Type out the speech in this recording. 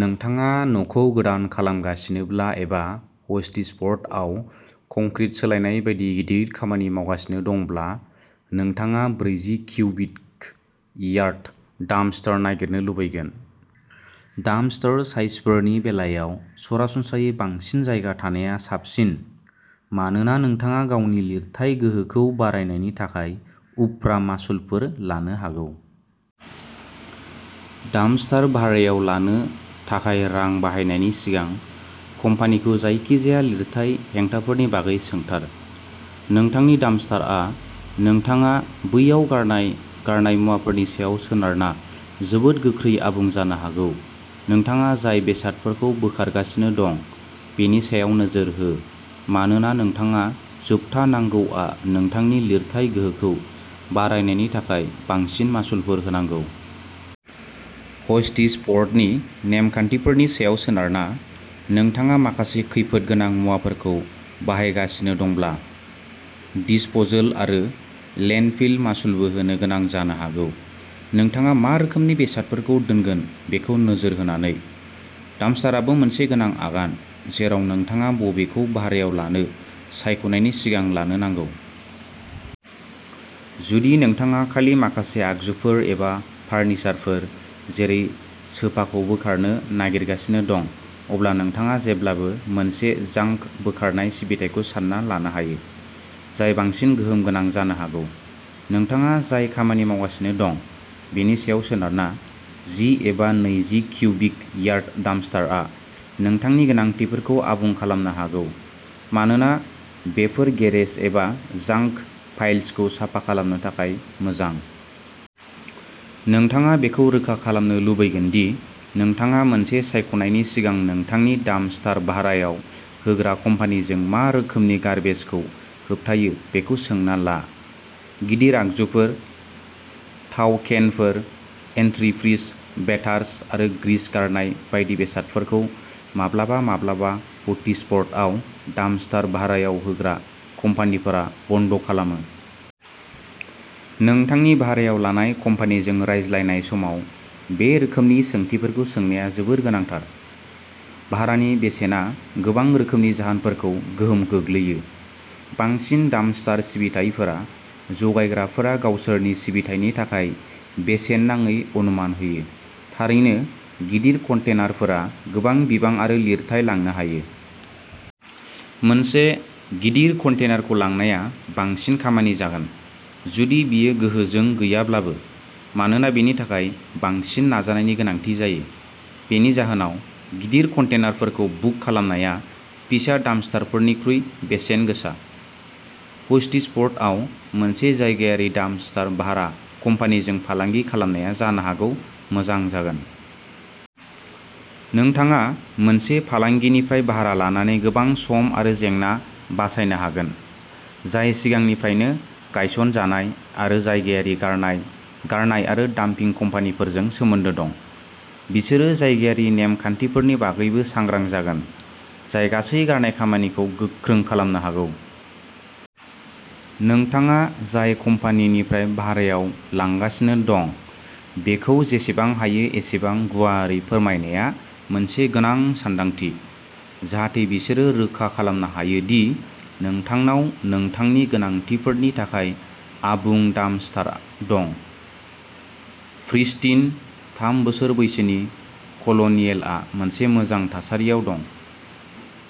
नोंथाङा न'खौ गोदान खालामगासिनोब्ला एबा हस्टिसफ'र्डआव कंक्रिट सोलायनाय बायदि गिदिर खामानि मावगासिनो दंब्ला, नोंथाङा ब्रैजि क्यूबिक यार्ड डाम्पस्टार नागिरनो लुबैगोन। डाम्पस्टार साइजफोरनि बेलायाव सरासनस्रायै बांसिन जायगा थानाया साबसिन, मानोना नोंथाङा गावनि लिरथाइ गोहोखौ बारायनायनि थाखाय उफ्रा मासुलफोर लानो हागौ। डाम्पस्टार भारायाव लानो थाखाय रां बाहायनायनि सिगां, कम्पानिखौ जायखिजाया लिरथाइ हेंथाफोरनि बागै सोंथार। नोंथांनि डाम्पस्टारआ नोंथाङा बैयाव गारनाय गारनाय मुवाफोरनि सायाव सोनारना जोबोद गोख्रै आबुं जानो हागौ। नोंथाङा जाय बेसादफोरखौ बोखारगासिनो दं, बेनि सायाव नोजोर हो, मानोना नोंथाङा जोबथा नांगौआ नोंथांनि लिरथाइ गोहोखौ बारायनायनि थाखाय बांसिन मासुलफोर होनांगौ। हस्टिसफ'र्डनि नेमखान्थिफोरनि सायाव सोनारना, नोंथाङा माखासे खैफोद गोनां मुवाफोरखौ बाहायगासिनो दंब्ला दिसप'सल आरो लेन्डफिल मासुलबो होनो गोनां जानो हागौ। नोंथाङा मा रोखोमनि बेसादफोरखौ दोनगोन बेखौ नोजोर होनानै। डाम्पस्टारआबो मोनसे गोनां आगान, जेराव नोंथाङा बबेखौ भारायाव लानो सायख'नायनि सिगां लानो नांगौ। जुदि नोंथाङा खालि माखासे आगजुफोर एबा फार्निचारफोर, जेरै सोफाखौ बोखारनो नागिरगासिनो दं, अब्ला नोंथाङा जेब्लाबो मोनसे जांक बोखारनाय सिबिथाइखौ सानना लानो हायो, जाय बांसिन गोहोम गोनां जानो हागौ। नोंथाङा जाय खामानि मावगासिनो दं, बेनि सायाव सोनारना, जि एबा नैजि क्यूबिक यार्ड डाम्पस्टारआ नोंथांनि गोनांथिफोरखौ आबुं खालामनो हागौ, मानोना बेफोर गेरेज एबा जांक पाइल्सखौ साफा खालामनो थाखाय मोजां। नोंथाङा बेखौ रोखा खालामनो लुबैगोन दि नोंथाङा मोनसे सायख'नायनि सिगां नोंथांनि डाम्पस्टार भारायाव होग्रा कम्पानिजों मा रोखोमनि गार्बेजखौ होबथायो बेखौ सोंना ला। गिदिर आगजुफोर, थाव केनफोर, एन्टिफ्रिज बेटार्स आरो ग्रीस गारनाय बायदि बेसादफोरखौ माब्लाबा-माब्लाबा हस्टिसफर्डआव डाम्पस्टार भारायाव होग्रा कम्पानिफोरा बन्द' खालामो। नोंथांनि भारायाव लानाय कम्पानिजों रायज्लायनाय समाव बे रोखोमनि सोंथिफोरखौ सोंनाया जोबोद गोनांथार। भारानि बेसेना गोबां रोखोमनि जाहोनफोरजों गोहोम गोग्लैयो। बांसिन डाम्पस्टार सिबिथाइफोरा जगायग्राफोरा गावसोरनि सिबिथायनि थाखाय बेसेन नाङै अनुमान होयो। थारैनो, गिदिर कन्टेनारफोरा गोबां बिबां आरो लिरथाइ लांनो हायो। मोनसे गिदिर कन्टेनारखौ लांनाया बांसिन खामानि जागोन, जुदि बेयो गोहोजों गैयाब्लाबो, मानोना बेनि थाखाय बांसिन नाजानायनि गोनांथि जायो। बेनि जाहोनाव, गिदिर कन्टेनारफोरखौ बुक खालामनाया फिसा डाम्पस्टारफोरनिख्रुइ बेसेन गोसा। हस्टिसफर्डआव मोनसे जायगायारि डाम्पस्टार भारा कम्पानिजों फालांगि खालामनाया जानो हागौ मोजां जागोन। नोंथाङा मोनसे फालांगिनिफ्राय भारा लानानै गोबां सम आरो जेंना बासायनो हागोन, जाय सिगांनिफ्रायनो गायसनजानाय, आरो जायगायारि गारनाय गारनाय आरो डाम्पिं कम्पानिफोरजों सोमोन्दो दं। बिसोरो जायगायारि नेम-खान्थिफोरनि बागैबो सांग्रां जागोन, जाय गासै गारनाय खामानिखौ गोख्रों खालामनो हागौ। नोंथाङा जाय कम्पानिनिफ्राय भारायाव लांगासिनो दं, बेखौ जेसेबां हायो एसेबां गुवारै फोरमायनाया मोनसे मोजां सानदांथि, जाहाथे बिसोरो रोखा खालामनो हायो दि नोंथांनाव नोंथांनि गोनांथिफोरनि थाखाय आबुं डाम्पस्टार दं। प्रिस्टिन, थाम बोसोर बैसोनि कल'नियेलआ मोनसे मोजां थासारियाव दं।